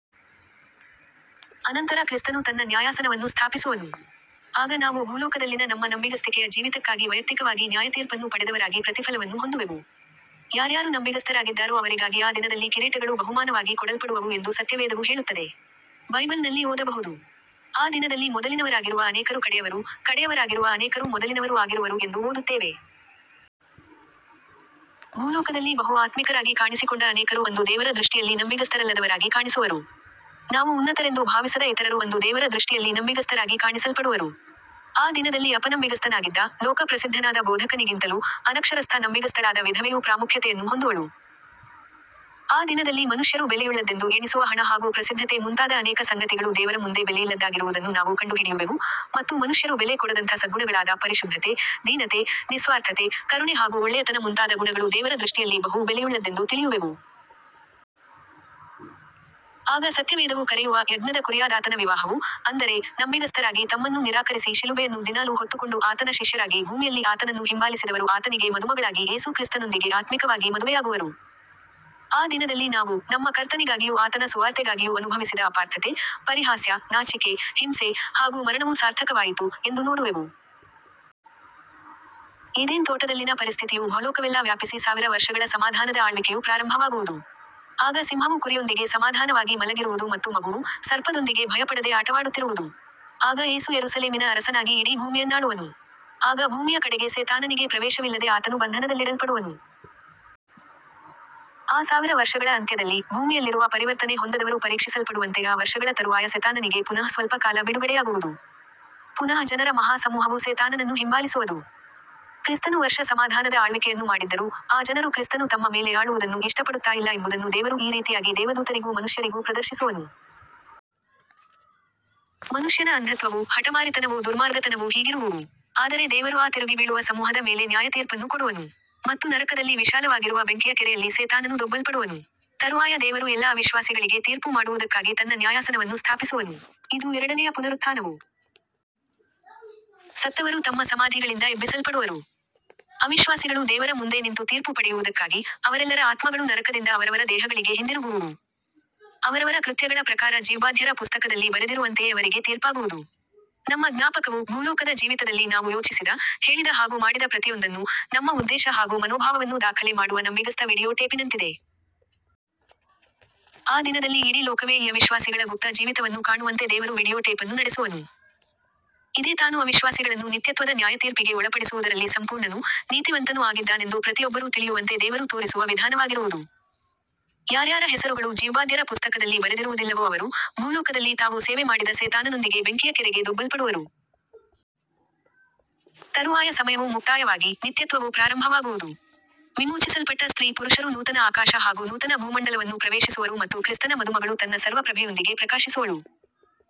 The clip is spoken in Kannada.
ಅನಂತರ ಕ್ರಿಸ್ತನು ತನ್ನ ನ್ಯಾಯಾಸನವನ್ನು ಸ್ಥಾಪಿಸುವನು. ಆಗ ನಾವು ಭೂಲೋಕದಲ್ಲಿನ ನಮ್ಮ ನಂಬಿಗಸ್ತಿಕೆಯ ಜೀವಿತಕ್ಕಾಗಿ ವಯಕ್ತಿಕವಾಗಿ ನ್ಯಾಯತೀರ್ಪನ್ನು ಪಡೆದವರಾಗಿ ಪ್ರತಿಫಲವನ್ನು ಹೊಂದುವೆವು. ಯಾರ್ಯಾರು ನಂಬಿಗಸ್ತರಾಗಿದ್ದಾರೋ ಅವರಿಗಾಗಿ ಆ ದಿನದಲ್ಲಿ ಕಿರೀಟಗಳು ಬಹುಮಾನವಾಗಿ ಕೊಡಲ್ಪಡುವವು ಎಂದು ಸತ್ಯವೇದವು ಹೇಳುತ್ತದೆ. ಬೈಬಲ್ ನಲ್ಲಿ ಓದಬಹುದು. "ಆ ದಿನದಲ್ಲಿ ಮೊದಲಿನವರಾಗಿರುವ ಅನೇಕರು ಕಡೆಯವರೂ, ಕಡೆಯವರಾಗಿರುವ ಅನೇಕರು ಮೊದಲಿನವರೂ ಆಗಿರುವರು ಎಂದು ಓದುತ್ತೇವೆ.. ಭೂಲೋಕದಲ್ಲಿ ಬಹು ಆತ್ಮಿಕರಾಗಿ ಕಾಣಿಸಿಕೊಂಡ ಅನೇಕರು ಅಂದು ದೇವರ ದೃಷ್ಟಿಯಲ್ಲಿ ನಂಬಿಗಸ್ತರಲ್ಲದವರಾಗಿ ಕಾಣಿಸುವರು. ನಾವು ಉನ್ನತರೆಂದು ಭಾವಿಸದ ಇತರರು ಅಂದು ದೇವರ ದೃಷ್ಟಿಯಲ್ಲಿ ನಂಬಿಗಸ್ತರಾಗಿ ಕಾಣಿಸಲ್ಪಡುವರು. ಆ ದಿನದಲ್ಲಿ ಅಪನಂಬಿಗಸ್ತನಾಗಿದ್ದ, ಲೋಕ ಪ್ರಸಿದ್ಧನಾದ ಬೋಧಕನಿಗಿಂತಲೂ, ಅನಕ್ಷರಸ್ಥ- ನಂಬಿಗಸ್ತಳಾದ ವಿಧವೆಯು ಪ್ರಾಮುಖ್ಯತೆಯನ್ನು ಹೊಂದುವಳು! ಆ ದಿನದಲ್ಲಿ ಮನುಷ್ಯರು ಬೆಲೆಯುಳ್ಳದ್ದೆಂದು ಎಣಿಸುವ ಹಣ ಹಾಗೂ ಪ್ರಸಿದ್ಧತೆ ಮುಂತಾದ ಅನೇಕ ಸಂಗತಿಗಳು ದೇವರ ಮುಂದೆ ಬೆಲೆಯಿಲ್ಲದ್ದಾಗಿರುವುದನ್ನು ನಾವು ಕಂಡು ಹಿಡಿಯುವೆವು; ಮತ್ತು ಮನುಷ್ಯರು ಬೆಲೆ ಕೊಡದಂಥ ಸದ್ಗುಣಗಳಾದ -ಪರಿಶುದ್ಧತೆ, ದೀನತೆ, ನಿಸ್ವಾರ್ಥತೆ, ಕರುಣೆ ಹಾಗು ಒಳ್ಳೆಯತನ ಮುಂತಾದ ಗುಣಗಳು ದೇವರ ದೃಷ್ಟಿಯಲ್ಲಿ ಬಹು ಬೆಲೆಯುಳ್ಳದ್ದೆಂದು ತಿಳಿಯುವೆವು. ಆಗ ಸತ್ಯವೇದವು ಕರೆಯುವ 'ಯಜ್ಞದ ಕುರಿಯಾದಾತನ ವಿವಾಹವು' ಅಂದರೆ, ನಂಬಿಗಸ್ತರಾಗಿ ತಮ್ಮನ್ನು ನಿರಾಕರಿಸಿ ಶಿಲುಬೆಯನ್ನು ದಿನಾಲು ಹೊತ್ತುಕೊಂಡು ಆತನ ಶಿಷ್ಯರಾಗಿ ಭೂಮಿಯಲ್ಲಿ ಆತನನ್ನು ಹಿಂಬಾಲಿಸಿದವರು ಆತನಿಗೆ ಮದುಮಗಳಾಗಿ ಯೇಸು ಕ್ರಿಸ್ತನೊಂದಿಗೆ ಆತ್ಮಿಕವಾಗಿ ಮದುವೆಯಾಗುವರು. ಆ ದಿನದಲ್ಲಿ ನಾವು, 'ನಮ್ಮ ಕರ್ತನಿಗಾಗಿಯೂ ಆತನ ಸುವಾರ್ತೆಗಾಗಿಯೂ ಅನುಭವಿಸಿದ ಅಪಾರ್ಥತೆ, ಪರಿಹಾಸ್ಯ, ನಾಚಿಕೆ, ಹಿಂಸೆ, ಹಾಗೂ ಮರಣವು ಸಾರ್ಥಕವಾಯಿತು' ಎಂದು ನೋಡುವೆವು. ಏದೇನ್ ತೋಟದಲ್ಲಿನ ಪರಿಸ್ಥಿತಿಯು ಭೊಲೋಕವೆಲ್ಲಾ ವ್ಯಾಪಿಸಿ ಸಾವಿರ ವರ್ಷಗಳ ಸಮಾಧಾನದ ಆಳ್ವಿಕೆಯು ಪ್ರಾರಂಭವಾಗುವುದು. ಆಗ ಸಿಂಹವು ಕುರಿಯೊಂದಿಗೆ ಸಮಾಧಾನವಾಗಿ ಮಲಗಿರುವುದು ಮತ್ತು ಮಗುವು, ಸರ್ಪದೊಂದಿಗೆ ಭಯಪಡದೆ ಆಟವಾಡುತ್ತಿರುವುದು. ಆಗ ಯೇಸು ಯೆರೂಸಲೇಮಿನ ಅರಸನಾಗಿ ಇಡೀ ಭೂಮಿಯನ್ನಾಳುವನು. ಆಗ ಭೂಮಿಯ ಕಡೆಗೆ ಸೆ ತಾನನಿಗೆ ಪ್ರವೇಶವಿಲ್ಲದೆ ಆತನು ಬಂಧನದಲ್ಲಿಡಲ್ಪಡುವನು. ಆ ಸಾವಿರ ವರ್ಷಗಳ ಅಂತ್ಯದಲ್ಲಿ, ಭೂಮಿಯಲ್ಲಿರುವ ಪರಿವರ್ತನೆ ಹೊಂದದವರು ಪರೀಕ್ಷಿಸಲ್ಪಡುವಂತೆ ಆ ವರ್ಷಗಳ ತರುವಾಯ ಸೆತಾನನಿಗೆ ಪುನಃ ಸ್ವಲ್ಪ ಕಾಲ ಬಿಡುಗಡೆಯಾಗುವುದು. ಪುನಃ ಜನರ ಮಹಾ ಸಮೂಹವು ಸೆ ತಾನನನ್ನು ಹಿಂಬಾಲಿಸುವದು. ಕ್ರಿಸ್ತನು ವರ್ಷ ಸಮಾಧಾನದ ಆಳ್ವಿಕೆಯನ್ನು ಮಾಡಿದ್ದರೂ, ಆ ಜನರು ಕ್ರಿಸ್ತನು ತಮ್ಮ ಮೇಲೆ ಆಳುವುದನ್ನು ಇಷ್ಟಪಡುತ್ತಾಯಿಲ್ಲ ಎಂಬುದನ್ನು ದೇವರು ಈ ರೀತಿಯಾಗಿ ದೇವದೂತರಿಗೂ ಮನುಷ್ಯರಿಗೂ ಪ್ರದರ್ಶಿಸುವನು. ಮನುಷ್ಯನ ಅಂಧತ್ವವೂ, ಹಟಮಾರಿತನವೂ ದುರ್ಮಾರ್ಗತನವೂ ಹೀಗಿರುವುವು. ಆದರೆ ದೇವರು ಆ ತಿರುಗಿಬೀಳುವ ಸಮೂಹದ ಮೇಲೆ ನ್ಯಾಯತೀರ್ಪನ್ನು ಕೊಡುವನು. ಮತ್ತು ನರಕದಲ್ಲಿ ವಿಶಾಲವಾಗಿರುವ ಬೆಂಕಿಯ ಕೆರೆಯಲ್ಲಿ ಸೆ ತಾನನು ದೊಬ್ಬಲ್ಪಡುವನು. ತರುವಾಯ ದೇವರು ಎಲ್ಲಾ ಅವಿಶ್ವಾಸಿಗಳಿಗೆ ತೀರ್ಪು ಮಾಡುವುದಕ್ಕಾಗಿ ತನ್ನ ನ್ಯಾಯಾಸನವನ್ನು ಸ್ಥಾಪಿಸುವನು. ಇದು ಎರಡನೆಯ ಪುನರುತ್ಥಾನವು. ಸತ್ತವರು ತಮ್ಮ ಸಮಾಧಿಗಳಿಂದ ಎಬ್ಬಿಸಲ್ಪಡುವರು. ಅವಿಶ್ವಾಸಿಗಳು ದೇವರ ಮುಂದೆ ನಿಂತು ತೀರ್ಪು ಪಡೆಯುವುದಕ್ಕಾಗಿ, ಅವರೆಲ್ಲರ ಆತ್ಮಗಳು ನರಕದಿಂದ ಅವರವರ ದೇಹಗಳಿಗೆ ಹಿಂದಿರುಗುವುವು. ಅವರವರ ಕೃತ್ಯಗಳ ಪ್ರಕಾರ ಜೀವಬಾಧ್ಯರ ಪುಸ್ತಕದಲ್ಲಿ ಬರೆದಿರುವಂತೆಯೇ ಅವರಿಗೆ ತೀರ್ಪಾಗುವುದು. 'ನಮ್ಮ ಜ್ಞಾಪಕವು'- ಭೂಲೋಕದ ಜೀವಿತದಲ್ಲಿ ನಾವು ಯೋಚಿಸಿದ, ಹೇಳಿದ ಹಾಗು ಮಾಡಿದ ಪ್ರತಿಯೊಂದನ್ನೂ, ನಮ್ಮ ಉದ್ದೇಶ ಹಾಗು ಮನೋಭಾವವನ್ನೂ ದಾಖಲೆ ಮಾಡುವ ನಂಬಿಗಸ್ತ ವಿಡಿಯೋ ಟೇಪಿನಂತಿದೆ. ಆ ದಿನದಲ್ಲಿ ಇಡೀ ಲೋಕವೇ ಈ ಅವಿಶ್ವಾಸಿಗಳ ಗುಪ್ತ ಜೀವಿತವನ್ನು ಕಾಣುವಂತೆ ದೇವರು ವಿಡಿಯೋ ಟೇಪನ್ನು ನಡೆಸುವನು. ಇದೇ ತಾನು ಅವಿಶ್ವಾಸಿಗಳನ್ನು ನಿತ್ಯತ್ವದ ನ್ಯಾಯತೀರ್ಪಿಗೆ ಒಳಪಡಿಸುವುದರಲ್ಲಿ ಸಂಪೂರ್ಣನೂ, ನೀತಿವಂತನೂ ಆಗಿದ್ದಾನೆಂದು ಪ್ರತಿಯೊಬ್ಬರೂ ತಿಳಿಯುವಂತೆ ದೇವರು ತೋರಿಸುವ ವಿಧಾನವಾಗಿರುವುದು. ಯಾರ್ಯಾರ ಹೆಸರುಗಳು ಜೀವಬಾದ್ಯರ ಪುಸ್ತಕದಲ್ಲಿ ಬರೆದಿರುವುದಿಲ್ಲವೋ ಅವರು, ಭೂಲೋಕದಲ್ಲಿ ತಾವು ಸೇವೆ ಮಾಡಿದ ಸೆ ತಾನನೊಂದಿಗೆ ಬೆಂಕಿಯ ಕೆರೆಗೆ ದೊಬ್ಬಲ್ಪಡುವರು. ತರುವಾಯ ಸಮಯವು ಮುಕ್ತಾಯವಾಗಿ, ನಿತ್ಯತ್ವವು ಪ್ರಾರಂಭವಾಗುವುದು. ವಿಮೋಚಿಸಲ್ಪಟ್ಟ ಸ್ತ್ರೀ -ಪುರುಷರು ನೂತನ ಆಕಾಶ ಹಾಗು ನೂತನ ಭೂಮಂಡಲವನ್ನು ಪ್ರವೇಶಿಸುವರು ಮತ್ತು ಕ್ರಿಸ್ತನ ಮದುಮಗಳು ತನ್ನ ಸರ್ವ ಪ್ರಭೆಯೊಂದಿಗೆ ಪ್ರಕಾಶಿಸುವಳು.